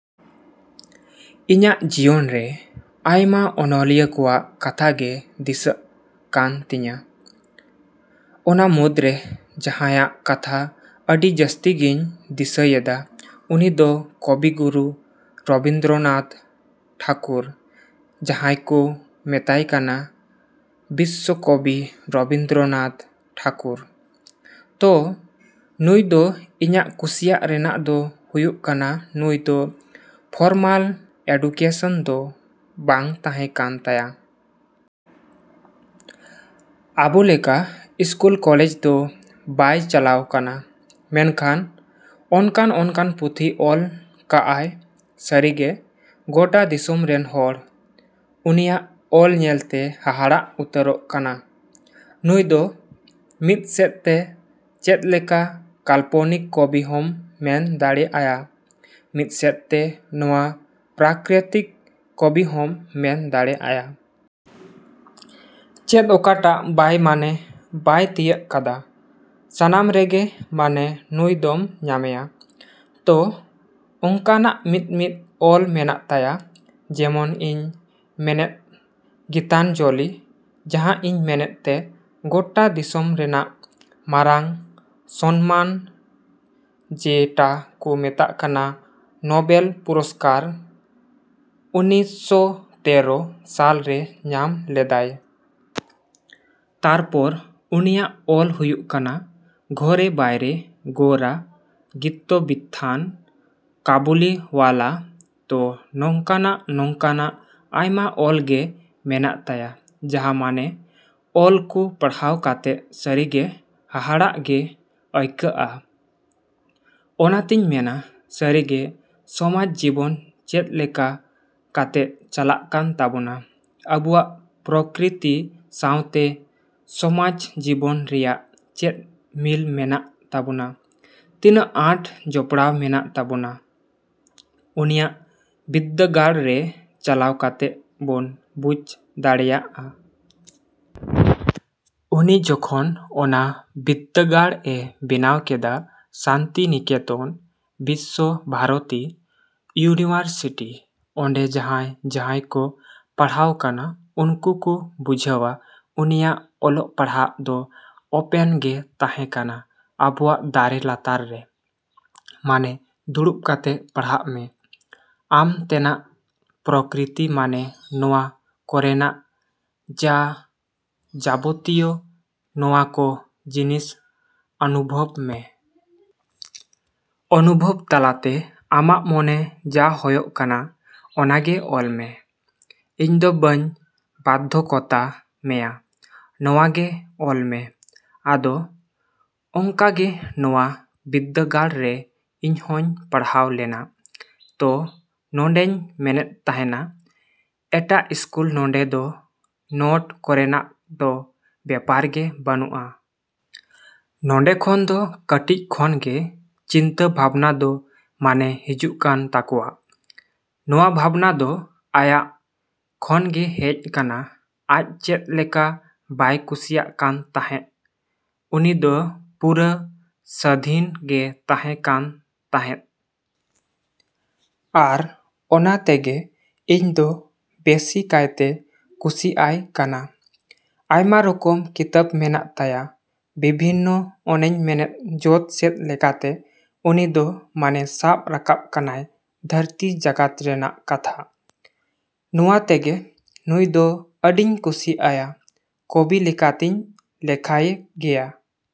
ᱤᱧᱟᱜ ᱡᱤᱭᱚᱱ ᱨᱮ ᱟᱭᱢᱟ ᱚᱱᱚᱞᱤᱭᱟᱹ ᱠᱚᱣᱟᱜ ᱠᱟᱛᱷᱟ ᱜᱮ ᱫᱤᱥᱟᱹᱜ ᱠᱟᱱ ᱛᱤᱧᱟ᱾ ᱚᱱᱟ ᱢᱩᱫᱽᱨᱮ ᱡᱟᱸᱦᱟᱭᱟᱜ ᱠᱟᱛᱷᱟ ᱟᱹᱰᱤ ᱡᱟᱹᱥᱛᱤ ᱜᱤᱧ ᱫᱤᱥᱟᱹᱭᱮᱫᱟ ᱩᱱᱤ ᱫᱚ ᱠᱚᱵᱤᱜᱩᱨᱩ ᱨᱚᱵᱤᱱᱫᱽᱨᱚᱱᱟᱛᱷ ᱴᱷᱟᱠᱩᱨ, ᱡᱟᱸᱦᱟᱭ ᱠᱚ ᱢᱮᱛᱟᱭ ᱠᱟᱱᱟ ᱵᱤᱥᱥᱚ ᱠᱚᱵᱤ ᱨᱚᱵᱤᱱᱫᱽᱨᱚᱱᱟᱛᱷ ᱴᱷᱟᱠᱩᱨ᱾ ᱛᱚ ᱱᱩᱭ ᱫᱚ ᱤᱧᱟᱜ ᱠᱩᱥᱤᱭᱟᱜ ᱨᱮᱱᱟᱜ ᱫᱚ ᱦᱩᱭᱩᱜ ᱠᱟᱱᱟ ᱱᱩᱭ ᱫᱚ ᱯᱷᱚᱨᱢᱟᱞ ᱮᱰᱩᱠᱮᱥᱚᱱ ᱫᱚ ᱵᱟᱝ ᱛᱟᱸᱦᱮ ᱠᱟᱱ ᱛᱟᱭᱟ᱾ ᱟᱵᱚ ᱞᱮᱠᱟ ᱤᱥᱠᱩᱞ ᱠᱚᱞᱮᱡ ᱫᱚ ᱵᱟᱭ ᱪᱟᱞᱟᱣ ᱠᱟᱱᱟ ᱢᱮᱱᱠᱷᱟᱱ ᱚᱱᱠᱟᱱ ᱚᱱᱠᱟᱱ ᱯᱩᱛᱷᱤ ᱚᱞ ᱠᱟᱜ ᱟᱭ ᱥᱟᱹᱨᱤᱜᱮ ᱜᱚᱴᱟ ᱫᱤᱥᱚᱢ ᱨᱮᱱ ᱦᱚᱲ ᱩᱱᱤᱭᱟᱜ ᱚᱞ ᱧᱮᱞᱛᱮ ᱦᱟᱦᱟᱲᱟᱜ ᱩᱛᱟᱹᱨᱚᱜ ᱠᱟᱱᱟ᱾ ᱱᱩᱭ ᱫᱚ ᱢᱤᱫ ᱥᱮᱫ ᱛᱮ ᱪᱮᱫ ᱞᱮᱠᱟ ᱠᱟᱞᱯᱚᱱᱤᱠ ᱠᱚᱵᱤ ᱦᱚᱸᱢ ᱢᱮᱱ ᱫᱟᱲᱮ ᱟᱭᱟ, ᱢᱤᱫ ᱥᱮᱫ ᱛᱮ ᱱᱚᱣᱟ ᱯᱨᱟᱠᱤᱛᱤᱠ ᱠᱚᱵᱤ ᱦᱚᱢ ᱢᱮᱱ ᱫᱟᱲᱮ ᱟᱭᱟ᱾ ᱪᱮᱫ ᱚᱠᱟ ᱴᱟᱜ ᱵᱟᱭ ᱢᱟᱱᱮ ᱵᱟᱭ ᱛᱤᱭᱟᱹᱜ ᱠᱟᱫᱟ, ᱥᱟᱱᱟᱢ ᱨᱮᱜᱮ ᱢᱟᱱᱮ ᱱᱩᱭ ᱫᱚᱢ ᱧᱟᱢᱮᱭᱟ᱾ ᱛᱚ ᱚᱱᱠᱟᱱᱟᱜ ᱢᱤᱫ ᱢᱤᱫ ᱚᱞ ᱢᱮᱱᱟᱜ ᱛᱟᱭᱟ ᱡᱮᱢᱚᱱ ᱤᱧ ᱢᱮᱱᱮᱫ ᱜᱤᱛᱟᱧᱡᱚᱞᱤ ᱡᱟᱸᱦᱟ ᱤᱧ ᱢᱮᱱᱮᱫ ᱛᱮ ᱜᱚᱴᱟ ᱫᱤᱥᱚᱢ ᱨᱮᱱᱟᱜ ᱢᱟᱨᱟᱝ ᱥᱚᱱᱢᱟᱱ ᱡᱮᱴᱟ ᱠᱚ ᱢᱮᱛᱟᱜ ᱠᱟᱱᱟ ᱱᱚᱵᱮᱞ ᱯᱩᱨᱚᱥᱠᱟᱨ ᱩᱱᱤᱥᱥᱚ ᱛᱮᱨᱚ ᱥᱟᱞ ᱨᱮ ᱧᱟᱢ ᱞᱮᱫᱟᱭ᱾ ᱛᱟᱨᱯᱚᱨ ᱩᱱᱤᱭᱟᱜ ᱚᱞ ᱦᱩᱭᱩᱜ ᱠᱟᱱᱟ ᱜᱷᱚᱨᱮ ᱵᱟᱭᱨᱮ, ᱜᱚᱨᱟ, ᱜᱤᱛᱚᱵᱤᱛᱷᱟᱱ, ᱠᱟᱵᱩᱞᱤᱣᱟᱞᱟ᱾ ᱛᱚ ᱱᱚᱝᱠᱟ ᱱᱟᱜ ᱱᱚᱝᱠᱟ ᱱᱟᱜ ᱟᱭᱢᱟ ᱚᱞ ᱜᱮ ᱢᱮᱱᱟᱜ ᱛᱟᱭᱟ ᱡᱟᱸᱦᱟ ᱢᱟᱱᱮ ᱚᱞ ᱠᱚ ᱯᱟᱲᱦᱟᱣ ᱠᱟᱛᱮᱜ ᱥᱟᱹᱨᱤ ᱜᱮ ᱦᱟᱦᱟᱲᱟᱜ ᱜᱮ ᱟᱹᱭᱠᱟᱹᱜᱼᱟ᱾ ᱚᱱᱟ ᱛᱤᱧ ᱢᱮᱱᱟ ᱥᱟᱹᱨᱤᱜᱮ ᱥᱚᱢᱟᱡᱽ ᱡᱤᱵᱚᱱ ᱪᱮᱫ ᱞᱮᱠᱟ ᱠᱟᱛᱮᱜ ᱪᱟᱞᱟᱜ ᱠᱟᱱ ᱛᱟᱵᱚᱱᱟ, ᱟᱵᱚᱣᱟᱜ ᱯᱨᱚᱠᱤᱛᱤ ᱥᱟᱶᱛᱮ ᱥᱚᱢᱟᱡᱽ ᱡᱤᱵᱚᱱ ᱨᱮᱭᱟᱜ ᱪᱮᱫ ᱢᱤᱞ ᱢᱮᱱᱟᱜ ᱛᱟᱵᱚᱱᱟ, ᱛᱤᱱᱟᱹᱜ ᱟᱸᱴ ᱡᱚᱯᱲᱟᱣ ᱢᱮᱱᱟᱜ ᱛᱟᱵᱚᱱᱟ ᱩᱱᱤᱭᱟᱜ ᱵᱤᱫᱽᱫᱟᱹᱜᱟᱲ ᱨᱮ ᱪᱟᱞᱟᱣ ᱠᱟᱛᱮᱜ ᱵᱚᱱ ᱵᱩᱡ ᱫᱟᱲᱮᱭᱟᱜᱼᱟ᱾ ᱩᱱᱤ ᱡᱚᱠᱷᱚᱱ ᱚᱱᱟ ᱵᱤᱫᱽᱫᱟᱹᱜᱟᱲ ᱮ ᱵᱮᱱᱟᱣ ᱠᱮᱫᱟ ᱥᱟᱱᱛᱤᱱᱤᱠᱮᱛᱚᱱ ᱵᱤᱥᱥᱚ ᱵᱷᱟᱨᱚᱛᱤ ᱤᱭᱩᱱᱤᱵᱷᱟᱨᱥᱤᱴᱤ, ᱚᱸᱰᱮ ᱡᱟᱸᱦᱟᱭ ᱡᱟᱸᱦᱟᱭ ᱠᱚ ᱯᱟᱲᱦᱟᱣ ᱠᱟᱱᱟ ᱩᱱᱠᱩ ᱠᱚ ᱵᱩᱡᱷᱟᱹᱣᱟ ᱩᱱᱤᱭᱟᱜ ᱚᱞᱚᱜ ᱯᱟᱲᱦᱟᱜ ᱫᱚ ᱚᱯᱮᱱ ᱜᱮ ᱛᱟᱸᱦᱮ ᱠᱟᱱᱟ ᱟᱵᱚᱣᱟᱜ ᱫᱟᱨᱮ ᱞᱟᱛᱟᱨ ᱨᱮ᱾ ᱢᱟᱱᱮ ᱫᱩᱲᱩᱵ ᱠᱟᱛᱮᱜ ᱯᱟᱲᱦᱟᱜ ᱢᱮ, ᱟᱢ ᱛᱮᱱᱟᱜ ᱯᱨᱚᱠᱤᱛᱤ ᱢᱟᱱᱮ ᱱᱚᱣᱟ ᱠᱚᱨᱮᱱᱟᱜ ᱡᱟ ᱡᱟᱵᱚᱛᱤᱭᱚ ᱱᱚᱣᱟ ᱠᱚ ᱡᱤᱱᱤᱥ ᱚᱱᱩᱵᱷᱚᱵ ᱢᱮ᱾ ᱚᱱᱩᱵᱷᱚᱵ ᱛᱟᱞᱟᱛᱮ ᱟᱢᱟᱜ ᱢᱚᱱᱮ ᱡᱟ ᱦᱚᱭᱚᱜ ᱠᱟᱱᱟ ᱚᱱᱟᱜᱮ ᱚᱞ ᱢᱮ, ᱤᱧ ᱫᱚ ᱵᱟᱹᱧ ᱵᱟᱫᱽᱫᱷᱚᱠᱚᱛᱟ ᱢᱮᱭᱟ ᱱᱚᱣᱟᱜᱮ ᱚᱞ ᱢᱮ᱾ ᱟᱫᱚ ᱚᱱᱠᱟ ᱜᱮ ᱱᱚᱣᱟ ᱵᱤᱫᱽᱫᱟᱹᱜᱟᱲ ᱨᱮ ᱤᱧ ᱦᱚᱧ ᱯᱟᱲᱦᱟᱣ ᱞᱮᱱᱟ᱾ ᱛᱚ ᱱᱚᱰᱮᱧ ᱢᱮᱱᱮᱫ ᱛᱟᱸᱦᱮᱱᱟ ᱮᱴᱟᱜ ᱤᱥᱠᱩᱞ ᱱᱚᱰᱮ ᱫᱚ ᱱᱚᱴ ᱠᱚᱨᱮᱱᱟᱜ ᱫᱚ ᱵᱮᱯᱟᱨ ᱜᱮ ᱵᱟᱹᱱᱩᱜᱼᱟ᱾ ᱱᱚᱰᱮ ᱠᱷᱚᱱ ᱫᱚ ᱠᱟᱹᱴᱤᱡ ᱠᱷᱚᱱᱜᱮ ᱪᱤᱱᱛᱟᱹ ᱵᱷᱟᱵᱱᱟ ᱫᱚ ᱢᱟᱱᱮ ᱦᱤᱡᱩᱜ ᱛᱟᱠᱚᱣᱟ᱾ ᱱᱚᱣᱟ ᱵᱷᱟᱵᱱᱟ ᱫᱚ ᱟᱭᱟᱜ ᱠᱷᱚᱱᱜᱮ ᱦᱮᱡ ᱠᱟᱱᱟ ᱟᱡ ᱪᱮᱫ ᱞᱮᱠᱟ ᱵᱟᱭ ᱠᱩᱥᱤᱭᱟᱜ ᱠᱟᱱ ᱛᱟᱸᱦᱮᱜ ᱩᱱᱤ ᱫᱚ ᱯᱩᱨᱟᱹ ᱥᱟᱹᱫᱷᱤᱱ ᱜᱮ ᱛᱟᱸᱦᱮᱱ ᱠᱟᱱ ᱛᱟᱸᱦᱮᱜ᱾ ᱟᱨ ᱚᱱᱟ ᱛᱮᱜᱮ ᱤᱧᱫᱚ ᱵᱮᱥᱤ ᱠᱟᱭᱛᱮ ᱠᱩᱥᱤ ᱟᱭ ᱠᱟᱱᱟ᱾ ᱟᱭᱢᱟ ᱨᱚᱠᱚᱢ ᱠᱤᱛᱟᱹᱵ ᱢᱮᱱᱟᱜ ᱛᱟᱭᱟ ᱵᱤᱵᱷᱤᱱᱱᱚ ᱚᱱᱮᱧ ᱢᱮᱱᱮᱫ ᱡᱚᱛ ᱥᱮᱫ ᱞᱮᱠᱟᱛᱮ ᱩᱱᱤ ᱫᱚ ᱢᱟᱱᱮ ᱥᱟᱵ ᱨᱟᱠᱟᱵ ᱠᱟᱱᱟᱭ ᱫᱷᱟᱹᱨᱛᱤ ᱡᱟᱠᱟᱛ ᱨᱮᱱᱟᱜ ᱠᱟᱛᱷᱟ᱾ ᱱᱚᱣᱟ ᱛᱮᱜᱮ ᱱᱩᱭ ᱫᱚ ᱟᱹᱰᱤᱧ ᱠᱩᱥᱤ ᱟᱭᱟ ᱠᱚᱵᱤ ᱞᱮᱠᱟᱛᱤᱧ ᱞᱮᱠᱷᱟᱭᱮ ᱜᱮᱭᱟ᱾